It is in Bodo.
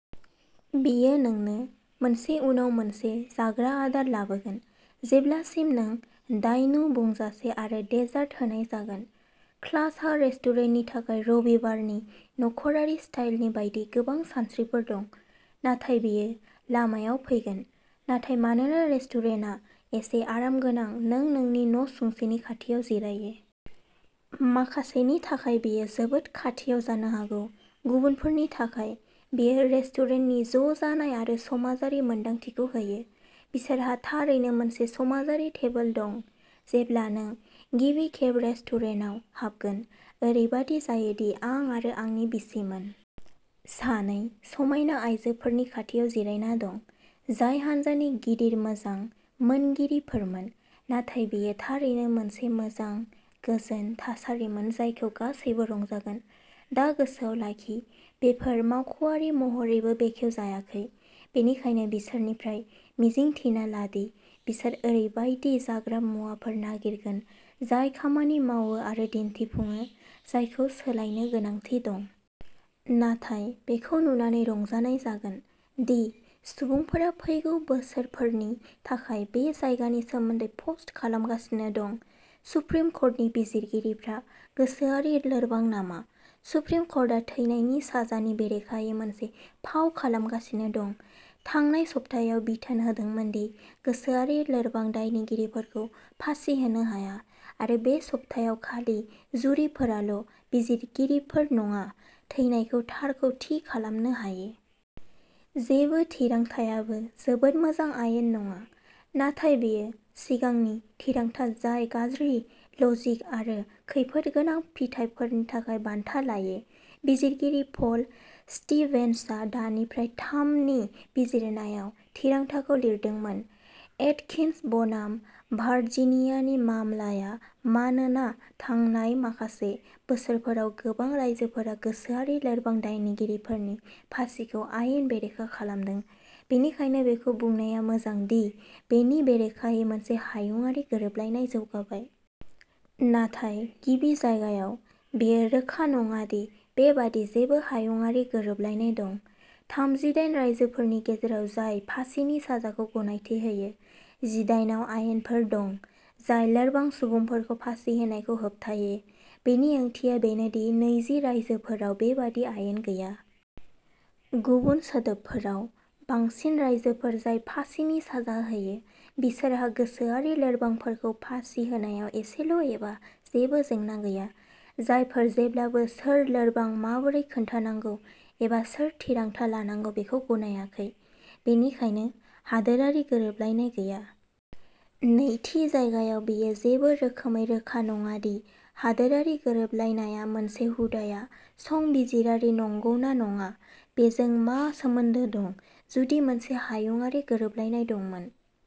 बियो नोंनो मोनसे उनाव मोनसे जाग्रा आदार लाबोगोन जेब्लासिम नों दायनु बुंजासे आरो डेजार्ट होनाय जागोन। श्लासहा रेस्टुरेन्टनि थाखाय रबिबारनि नख'रारि स्टाइलनि बायदि गोबां सानस्रिफोर दं, नाथाय बेयो लामायाव फैगोन। नाथाय मानोना रेस्टुरेन्टा एसे आरामगोनां नों नोंनि नसुंसेनि खाथियाव जिरायो। माखासेनि थाखाय बेयो जोबोद खाथियाव जानो हागौ, गुबुनफोरनि थाखाय, बेयो रेस्टुरेन्टनि ज'जानाय आरो समाजारि मोन्दांथिखौ होयो बिसोरहा थारैनो मोनसे समाजारि टेबोल दं जेब्ला नों गिबि खेब रेस्टुरेन्टआव हाबगोन। ओरैबायदि जायो दि आं आरो आंनि बिसिमोन। सानै समायना आयजोफोरनि खाथियाव जिरायना दं, जाय हानजानि गिदिर मोजां मोनगिरिफोरमोन नाथाय बेयो थारैनो मोनसे मोजां, गोजोन थासारिमोन जायखौ गासैबो रंजागोन। दा गोसोआव लाखि, बेफोर मावख'आरि महरैबो बेखेवजायाखै, बेनिखायनो बिसोरनिफ्राय मिजिं थिना ला दि बिसोर ओरैबायदि जाग्रा मुवाफोर नागिरगोन जाय खामानि मावो आरो दिन्थिफुङो जायखौ सोलायनो गोनांथि दं। नाथाय बेखौ नुनानै रंजानाय जागोन दि सुबुंफोरा फैगौ बोसोरफोरनि थाखाय बे जायगानि सोमोन्दै पस्ट खालामगासिनो दं। सुप्रिम कर्टनि बिजिरगिरिफ्रा गोसोआरि लोरबां नामा? सुप्रिम कर्टआ थैनायनि साजानि बेरेखायै मोनसे फाव खालामगासिनो दं, थांनाय सप्तायाव बिथोन होदोंमोन दि गोसोआरि लोरबां दायनिगिरिफोरखौ फासि होनो हाया आरो बे सप्तायाव खालि जुरिफोराल', बिजिरगिरिफोर नङा, थैनायनि थारखौ थि खालामनो हायो। जेबो थिरांथाआबो जोबोद मोजां आयेन नङा, नाथाय बेयो सिगांनि थिरांथा जाय गाज्रि लजिक आरो खैफोदगोनां फिथायफोरनि थाखाय बान्था लायो। बिजिरगिरि पल स्टिभेन्सआ दनिफ्राइ थाम नि बिजिरनायाव थिरांथाखौ लिरदोंमोन। एटकिन्स बनाम भार्जिनियानि मामलाया, मानोना थांनाय माखासे बोसोरफोराव गोबां रायजोफोरा गोसोआरि लोरबां दायनिगिरिफोरनि फासिखौ आयेन बेरेखा खालामदों, बेनिखायनो बेखौ बुंनाया मोजां दि बेनि बेरेखायै मोनसे हायुङारि गोरोबलायनाय जौगाबाय। नाथाय गिबि जायगायाव, बेयो रोखा नङा दि बेबादि जेबो हायुङारि गोरोबलायनाय दं। थामजिदाइन रायजोफोरनि गेजेराव जाय फासिनि साजाखौ गनायथि होयो, जिदाइन आव आयेनफोर दं जाय लोरबां सुबुंफोरखौ फासि होनायखौ होबथायो। बेनि ओंथिया बेनो दि नैजि रायजोफोराव बेबादि आयेन गैया। गुबुन सोदोबफोराव, बांसिन रायजोफोर जाय फासिनि साजा होयो बिसोरहा गोसोआरि लोरबांफोरखौ फासि होनायाव एसेल' एबा जेबो जेंना गैया। जायफोरा जेब्लाबो सोर लोरबां, माबोरै खोन्थानांगौ, एबा सोर थिरांथा लानांगौ बेखौ गनायाखै। बेनिखायनो, हादोरारि गोरोबलायनाय गैया। नैथि जायगायाव, बेयो जेबो रोखोमै रोखा नङा दि हादोरारि गोरोबलायनाय आ मोनसे हुदाया संबिजिरारि नंगौना नङा बेजों मा सोमोन्दो दं। जुदि मोनसे हायुङारि गोरोबलायनाय दंमोन।